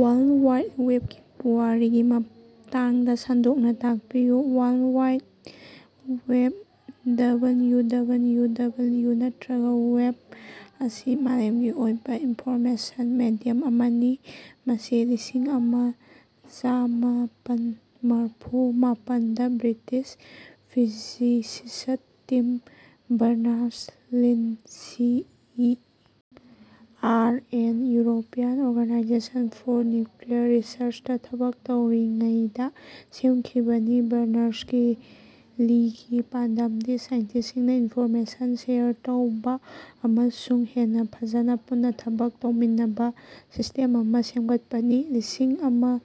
World wide ꯋꯦꯕꯀꯤ ꯄꯨꯋꯥꯔꯤꯒꯤ ꯃꯇꯥꯡꯗ ꯁꯟꯗꯣꯛꯅ ꯇꯥꯛꯄꯤꯌꯨ꯫ World wide web (W W W ꯅꯠꯇꯔꯒ ꯋꯦꯕ) ꯑꯁꯤ ꯃꯥꯂꯦꯝꯒꯤ ꯑꯣꯏꯕ ꯏꯟꯐꯣꯔꯃꯦꯁꯟ ꯃꯦꯗꯤꯌꯝ ꯑꯃꯅꯤ ꯃꯁꯤ ꯂꯤꯁꯤꯡ ꯑꯃ ꯆꯃꯥꯄꯟ ꯃꯔꯐꯨ ꯃꯥꯄꯜꯗ British physicist Tim Berners-Lee C E R N (European Organization for Nuclear ꯔꯤꯁꯔꯆ)ꯗꯥ ꯊꯕꯛ ꯇꯧꯔꯤꯉꯩꯗꯥ ꯁꯦꯝꯈꯤꯕꯅꯤ꯫ ꯕꯔꯅꯔꯁ-ꯂꯤꯒꯤ ꯄꯥꯟꯗꯝꯗꯤ ꯁꯥꯏꯟꯇꯤꯁ꯭ꯇꯁꯤꯡꯅ ꯏꯟꯐꯣꯔꯃꯦꯁꯟ ꯁꯦꯌꯔ ꯇꯧꯕ ꯑꯃꯁꯨꯡ ꯍꯦꯟꯅ ꯐꯖꯅ ꯄꯨꯟꯅ ꯊꯕꯛ ꯇꯧꯃꯤꯟꯅꯅꯕ ꯁꯤꯁꯇꯦꯝ ꯑꯃ ꯁꯦꯝꯒꯠꯄꯅꯤ꯫ ꯂꯤꯁꯤꯡ ꯑꯃ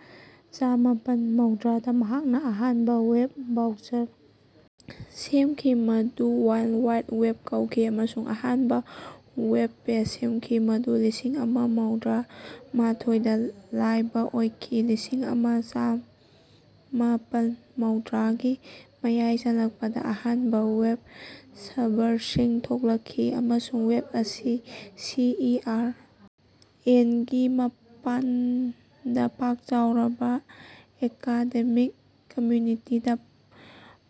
ꯆꯃꯥꯄꯜ ꯃꯧꯗꯔꯥꯗ ꯃꯍꯥꯛꯅ ꯑꯍꯥꯟꯕ ꯋꯦꯕ ꯕ꯭ꯔꯥꯎꯖꯔ ꯁꯦꯝꯈꯤ, ꯃꯗꯨ "ꯋꯥꯔꯜꯗꯋꯥꯏꯗꯋꯦꯕ" ꯀꯧꯈꯤ ꯑꯃꯁꯨꯡ ꯑꯍꯥꯟꯕ ꯋꯦꯕ ꯄꯦꯖ ꯁꯦꯝꯈꯤ, ꯃꯗꯨ ꯂꯤꯁꯤꯡ ꯑꯃ ꯃꯧꯗꯔꯥ ꯃꯥꯊꯣꯏꯗ ꯂꯥꯏꯕ ꯑꯣꯏꯈꯤ꯫ ꯂꯤꯁꯤꯡ ꯑꯃ ꯆꯃꯥꯄꯜ ꯃꯧꯗꯔꯥ ꯒꯤ ꯃꯌꯥꯏ ꯆꯜꯂꯛꯄꯗ ꯑꯍꯥꯟꯕ ꯋꯦꯕ ꯁꯔꯚꯔꯁꯤꯡ ꯊꯣꯔꯛꯈꯤ ꯑꯃꯁꯨꯡ ꯋꯦꯕ ꯑꯁꯤ ꯁꯤ ꯏ ꯑꯥꯔ ꯑꯦꯟ ꯒꯤ ꯃꯄꯥꯟꯗ ꯄꯥꯛ ꯆꯥꯎꯔꯕ ꯑꯦꯀꯥꯗꯦꯃꯤꯛ ꯀꯝꯃ꯭ꯌꯨꯅꯤꯇꯤꯗ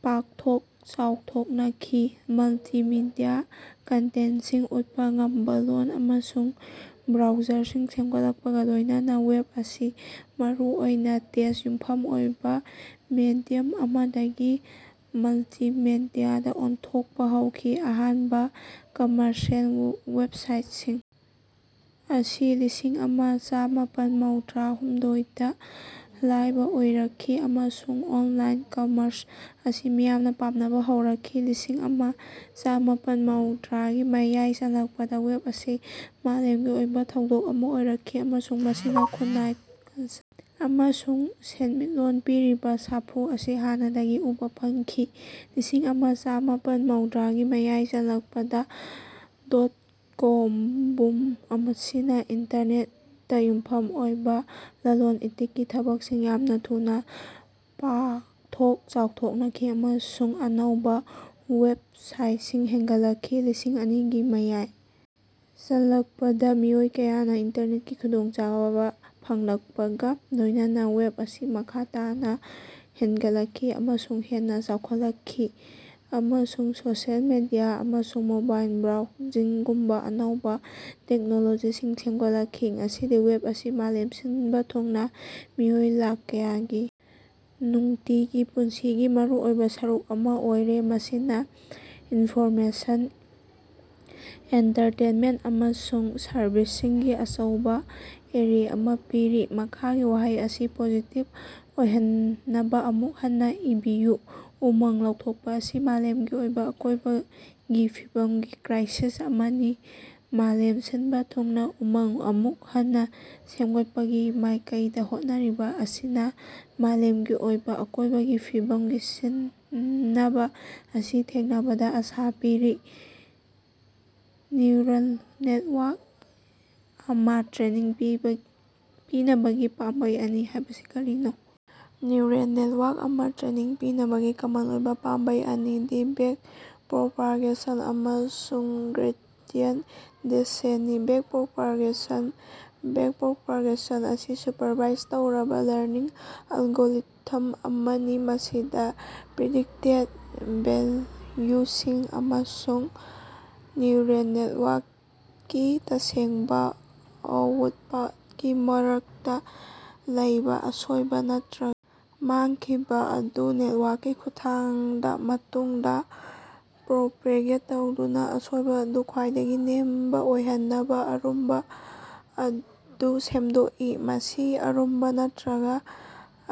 ꯄꯥꯛꯊꯣꯛ ꯆꯥꯎꯊꯣꯛꯅꯈꯤ꯫ ꯃꯜꯇꯤꯃꯤꯗꯤꯌ ꯀꯟꯇꯦꯟꯠꯁꯤꯡ ꯎꯠꯄ ꯉꯝꯕ ꯂꯣꯜ ꯑꯃꯁꯨꯡ ꯕ꯭ꯔꯥꯎꯖꯔꯁꯤꯡ ꯁꯦꯝꯒꯠꯂꯛꯄꯒ ꯂꯣꯏꯅꯅ ꯋꯦꯕ ꯑꯁꯤ ꯃꯔꯨ ꯑꯣꯏꯅ ꯇꯦꯛꯁꯇ ꯌꯨꯝꯐꯝ ꯑꯣꯏꯕ ꯃꯦꯗꯤꯌꯝ ꯑꯃꯗꯒꯤ ꯃꯜꯇꯤꯃꯤꯗꯤꯌꯥꯗ ꯑꯣꯟꯊꯣꯛꯄ ꯍꯧꯈꯤ꯫ ꯑꯍꯥꯟꯕ ꯀꯝꯃꯔꯁꯤꯑꯦꯜ ꯋꯦꯕꯁꯥꯏꯠꯁꯤꯡ ꯑꯁꯤ ꯂꯤꯁꯤꯡ ꯑꯃ ꯆꯃꯥꯄꯜ ꯃꯧꯗꯔꯥ ꯍꯨꯝꯗꯣꯏ ꯗ ꯂꯥꯏꯕ ꯑꯣꯏꯔꯛꯈꯤ, ꯑꯃꯁꯨꯡ ꯑꯣꯟꯂꯥꯏꯟ ꯀꯝꯃ꯭ꯔꯁ ꯑꯁꯤ ꯃꯤꯌꯥꯝꯅ ꯄꯥꯝꯅꯕ ꯍꯧꯔꯛꯈꯤ꯫ ꯂꯤꯁꯤꯡ ꯑꯃ ꯆꯃꯥꯄꯜ ꯃꯧꯗꯔꯥꯒꯤ ꯃꯌꯥꯏ ꯆꯜꯂꯛꯄꯗ ꯋꯦꯕ ꯑꯁꯤ ꯃꯥꯂꯦꯝꯒꯤ ꯑꯣꯏꯕ ꯊꯧꯗꯣꯛ ꯑꯃ ꯑꯣꯏꯔꯛꯈꯤ, ꯑꯃꯁꯨꯡ ꯃꯁꯤꯅ ꯈꯨꯟꯅꯥꯏ, ꯀ꯭ꯂꯆꯔ ꯑꯃꯁꯨꯡ ꯁꯦꯟꯃꯤꯠꯂꯣꯟꯗ ꯄꯤꯔꯤꯕꯥ ꯁꯥꯐꯨ ꯑꯁꯤ ꯍꯥꯟꯅꯗꯒꯤ ꯎꯕꯥ ꯐꯪꯈꯤ꯫ ꯂꯤꯁꯤꯡ ꯑꯃ ꯆꯃꯥꯄꯜ ꯃꯧꯗꯔꯥ ꯒꯤ ꯃꯌꯥꯏ ꯆꯜꯂꯛꯄꯗ ꯗꯣꯠ-ꯀꯣꯝ ꯕꯨꯝ ꯑꯁꯤꯅ ꯏꯟꯇꯔꯅꯦꯠꯇ ꯌꯨꯝꯐꯝ ꯑꯣꯏꯕ ꯂꯂꯣꯟ-ꯏꯇꯤꯛꯀꯤ ꯊꯕꯛꯁꯤꯡ ꯌꯥꯝꯅ ꯊꯨꯅ ꯄꯥꯡꯊꯣꯛ-ꯆꯥꯎꯊꯣꯛꯅꯈꯤ ꯑꯃꯁꯨꯡ ꯑꯅꯧꯕꯥ ꯋꯦꯕꯁꯥꯏꯠꯁꯤꯡ ꯍꯦꯡꯒꯠꯂꯛꯈꯤ꯫ ꯂꯤꯁꯤꯡ ꯑꯅꯤꯒꯤ ꯃꯌꯥꯏ ꯆꯜꯂꯛꯄꯗ, ꯃꯤꯑꯣꯏ ꯀꯌꯥꯅ ꯏꯟꯇꯔꯅꯦꯠꯀꯤ ꯈꯨꯗꯣꯡꯆꯥꯕ ꯐꯪꯂꯛꯄꯒ ꯂꯣꯏꯅꯅ, ꯋꯦꯕ ꯑꯁꯤ ꯃꯈꯥ ꯇꯥꯅ ꯍꯦꯟꯒꯠꯂꯛꯈꯤ ꯑꯃꯁꯨꯡ ꯍꯦꯟꯅ ꯆꯥꯎꯈꯠꯂꯛꯈꯤ, ꯑꯃꯁꯨꯡ ꯁꯣꯁꯤꯑꯦꯜ ꯃꯤꯗꯤꯌ ꯑꯃꯁꯨꯡ ꯃꯣꯕꯥꯏꯜ ꯕ꯭ꯔꯥꯎꯖꯤꯡꯒꯨꯝꯕ ꯑꯅꯧꯕꯥ ꯇꯦꯛꯅꯣꯂꯣꯖꯤꯁꯤꯡ ꯁꯦꯝꯒꯠꯂꯛꯈꯤ꯫ ꯉꯁꯤꯗꯤ ꯋꯦꯕ ꯑꯁꯤ ꯃꯥꯂꯦꯝ ꯁꯤꯅꯕ ꯊꯨꯡꯅ ꯃꯤꯑꯣꯏ ꯂꯥꯛ ꯀꯌꯥꯒꯤ ꯅꯨꯡꯇꯤꯒꯤ ꯄꯨꯟꯁꯤꯒꯤ ꯃꯔꯨꯑꯣꯏꯕꯥ ꯁꯔꯨꯛ ꯑꯃꯥ ꯑꯣꯏꯔꯦ, ꯃꯁꯤꯅꯥ ꯏꯟꯐꯣꯔꯃꯦꯁꯟ, ꯑꯦꯟꯇꯔꯇꯦꯟꯃꯦꯟꯠ ꯑꯃꯁꯨꯡ ꯁꯔꯚꯤꯁꯁꯤꯡꯒꯤ ꯑꯆꯧꯕ ꯑꯦꯔꯦ ꯑꯃ ꯄꯤꯔꯤ꯫ ꯃꯈꯥꯒꯤ ꯋꯥꯍꯩ ꯑꯁꯤ ꯄꯣꯖꯤꯇꯤꯕ ꯑꯣꯏꯍꯟꯅꯕ ꯑꯃꯨꯛ ꯍꯟꯅ ꯏꯕꯤꯌꯨ: ꯎꯃꯪ ꯂꯧꯊꯣꯛꯄ ꯑꯁꯤ ꯃꯥꯂꯦꯃꯒꯤ ꯑꯣꯏꯕ ꯑꯀꯣꯏꯕꯒꯤ ꯐꯤꯕꯝꯒꯤ ꯀ꯭ꯔꯥꯏꯁꯤꯁ ꯑꯃꯅꯤ꯫ ꯃꯥꯂꯦꯝ ꯁꯤꯟꯕ ꯊꯨꯡꯅ ꯎꯃꯪ ꯑꯃꯨꯛ ꯍꯟꯅ ꯁꯦꯃꯒꯠꯄꯒꯤ ꯃꯥꯏꯀꯩꯗꯥ ꯍꯣꯠꯅꯔꯤꯕ ꯑꯁꯤꯅ ꯃꯥꯂꯦꯃꯒꯤ ꯑꯣꯏꯕ ꯑꯀꯣꯏꯕꯒꯤ ꯐꯤꯕꯝꯒꯤ ꯁꯤꯡꯅꯕ ꯑꯁꯤ ꯊꯦꯡꯅꯕꯗ ꯑꯁꯥ ꯄꯤꯔꯤ꯫ ꯅ꯭ꯌꯨꯔꯜ ꯅꯦꯠꯋꯥ꯭ꯔꯛ ꯑꯃꯥꯇ꯭ꯔꯦꯅꯤꯡ ꯄꯤꯅꯕꯒꯤ ꯄꯥꯝꯕꯩ ꯑꯅꯤ ꯍꯥꯏꯕꯁꯤ ꯀꯔꯤꯅꯣ? ꯅ꯭ꯌꯨꯔꯜ ꯅꯦꯠꯋꯥ꯭ꯔꯛ ꯑꯃ ꯇ꯭ꯔꯦꯅꯤꯡ ꯄꯤꯅꯕꯒꯤ ꯀꯃꯟ ꯑꯣꯏꯕ ꯄꯥꯝꯕꯩ ꯑꯅꯤꯗꯤ ꯕꯦꯛꯄ꯭ꯔꯣꯄꯥꯒꯦꯁꯟ ꯑꯃꯁꯨꯡ ꯒ꯭ꯔꯦꯗꯤꯌꯦꯟꯠ ꯗꯦꯁꯦꯟꯠꯅꯤ꯫ ꯕꯦꯛꯄ꯭ꯔꯣꯄꯥꯒꯦꯁꯟ: ꯕꯦꯛꯄ꯭ꯔꯣꯄꯥꯒꯦꯁꯟ ꯑꯁꯤ ꯁꯨꯞꯄꯔꯚꯥꯏꯖ ꯇꯧꯔꯕ ꯂꯔꯅꯤꯡ ꯑꯦꯜꯒꯣꯔꯤꯊꯝ ꯑꯃꯅꯤ ꯃꯁꯤꯗ ꯄ꯭ꯔꯤꯗꯤꯛꯇꯦꯗ ꯚꯦꯜꯌꯨꯁꯤꯡ ꯑꯃꯁꯨꯡ ꯅ꯭ꯌꯨꯔꯜ ꯅꯦꯠꯋꯥ꯭ꯔꯛꯀꯤ ꯇꯁꯦꯡꯕ ꯑꯥꯎꯠꯄꯨꯠꯀꯤ ꯃꯔꯛꯇ ꯂꯩꯕ ꯑꯁꯣꯏꯕ ꯅꯠꯇꯔ ꯃꯥꯡꯈꯤꯕ ꯑꯗꯨ ꯅꯦꯠꯋꯥ꯭ꯔꯛꯀꯤ ꯈꯨꯠꯊꯥꯡꯗ ꯃꯇꯨꯡꯗ ꯄ꯭ꯔꯣꯄꯦꯒꯦꯠ ꯇꯧꯗꯨꯅ ꯑꯁꯣꯏꯕ ꯑꯗꯨ ꯈ꯭ꯋꯥꯏꯗꯒꯤ ꯅꯦꯝꯕ ꯑꯣꯏꯍꯟꯅꯕ ꯑꯔꯨꯝꯕ ꯑꯗꯨ ꯁꯦꯝꯗꯣꯛꯏ꯫ ꯃꯁꯤ ꯑꯔꯨꯝꯕ ꯅꯠꯇꯔꯒ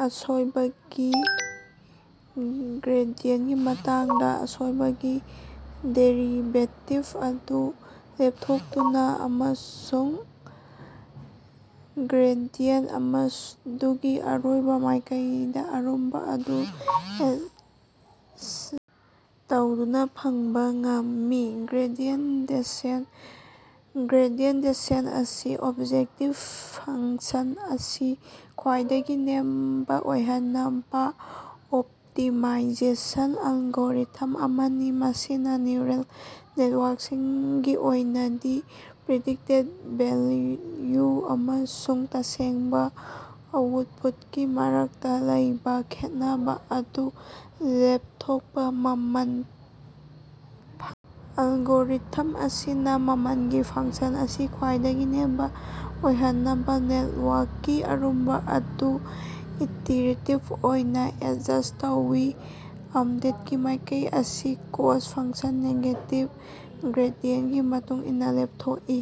ꯑꯁꯣꯏꯕꯒꯤ ꯒ꯭ꯔꯦꯗꯤꯌꯦꯟꯠꯀꯤ ꯃꯇꯥꯡꯗ ꯑꯁꯣꯏꯕꯒꯤ ꯗꯦꯔꯤꯕꯦꯇꯤꯕ ꯑꯗꯨ ꯂꯦꯞꯊꯣꯛꯇꯨꯅ ꯑꯃꯁꯨꯡ ꯒ꯭ꯔꯦꯗꯤꯌꯦꯟꯠ ꯑꯗꯨꯒꯤ ꯑꯔꯣꯏꯕ ꯃꯥꯏꯀꯩꯗ ꯑꯔꯨꯝꯕ ꯑꯗꯨ ꯑꯦꯠ ꯇꯧꯗꯨꯅ ꯐꯪꯕ ꯉꯝꯃꯤ꯫ ꯒ꯭ꯔꯦꯗꯤꯌꯦꯟꯠ ꯗꯦꯁꯦꯟꯠ: ꯒ꯭ꯔꯦꯗꯤꯌꯦꯟꯠ ꯗꯦꯁꯦꯟꯠ ꯑꯁꯤ ꯑꯣꯕꯖꯦꯛꯇꯤꯕ ꯐꯪꯁꯟ ꯑꯁꯤ ꯈ꯭ꯋꯥꯏꯗꯒꯤ ꯅꯦꯝꯕ ꯑꯣꯏꯍꯟꯅꯕ ꯑꯣꯞꯇꯤꯃꯥꯏꯖꯦꯁꯟ ꯑꯦꯜꯒꯣꯔꯤꯊꯝ ꯑꯃꯅꯤ, ꯃꯁꯤꯅ ꯅ꯭ꯌꯨꯔꯜ ꯅꯦꯠꯋꯥ꯭ꯔꯛꯁꯤꯡꯒꯤ ꯑꯣꯏꯅꯗꯤ ꯄ꯭ꯔꯤꯗꯤꯛꯇꯦꯗ ꯚꯦꯜꯌꯨ ꯑꯃꯁꯨꯡ ꯇꯁꯦꯡꯕ ꯑꯥꯎꯠꯄꯨꯠꯀꯤ ꯃꯔꯛꯇ ꯂꯩꯕ ꯈꯦꯠꯅꯕ ꯑꯗꯨ ꯂꯦꯞꯊꯣꯛꯄ ꯃꯃꯜ ꯐꯪ꯫ ꯑꯦꯂꯒꯣꯔꯤꯊꯝ ꯑꯁꯤꯅ ꯃꯃꯜꯒꯤ ꯐꯪꯁꯟ ꯑꯁꯤ ꯈ꯭ꯋꯥꯏꯗꯒꯤ ꯅꯦꯝꯕ ꯑꯣꯏꯍꯟꯅꯕ ꯅꯦꯠꯋꯥ꯭ꯔꯛꯀꯤ ꯑꯔꯨꯝꯕ ꯑꯗꯨ ꯏꯇꯤꯔꯦꯇꯤꯕ ꯑꯣꯏꯅ ꯑꯦꯗꯖ꯭ꯁꯠ ꯇꯧꯏ꯫ ꯑꯞꯗꯦꯠꯀꯤ ꯃꯥꯏꯀꯩ ꯑꯁꯤ ꯀ꯭ꯣꯁꯠ ꯐꯪꯁꯟ ꯅꯦꯒꯦꯇꯤꯕ ꯒ꯭ꯔꯦꯗꯤꯌꯦꯟꯠꯀꯤ ꯃꯇꯨꯡ ꯏꯟꯅ ꯂꯦꯞꯊꯣꯛꯏ꯫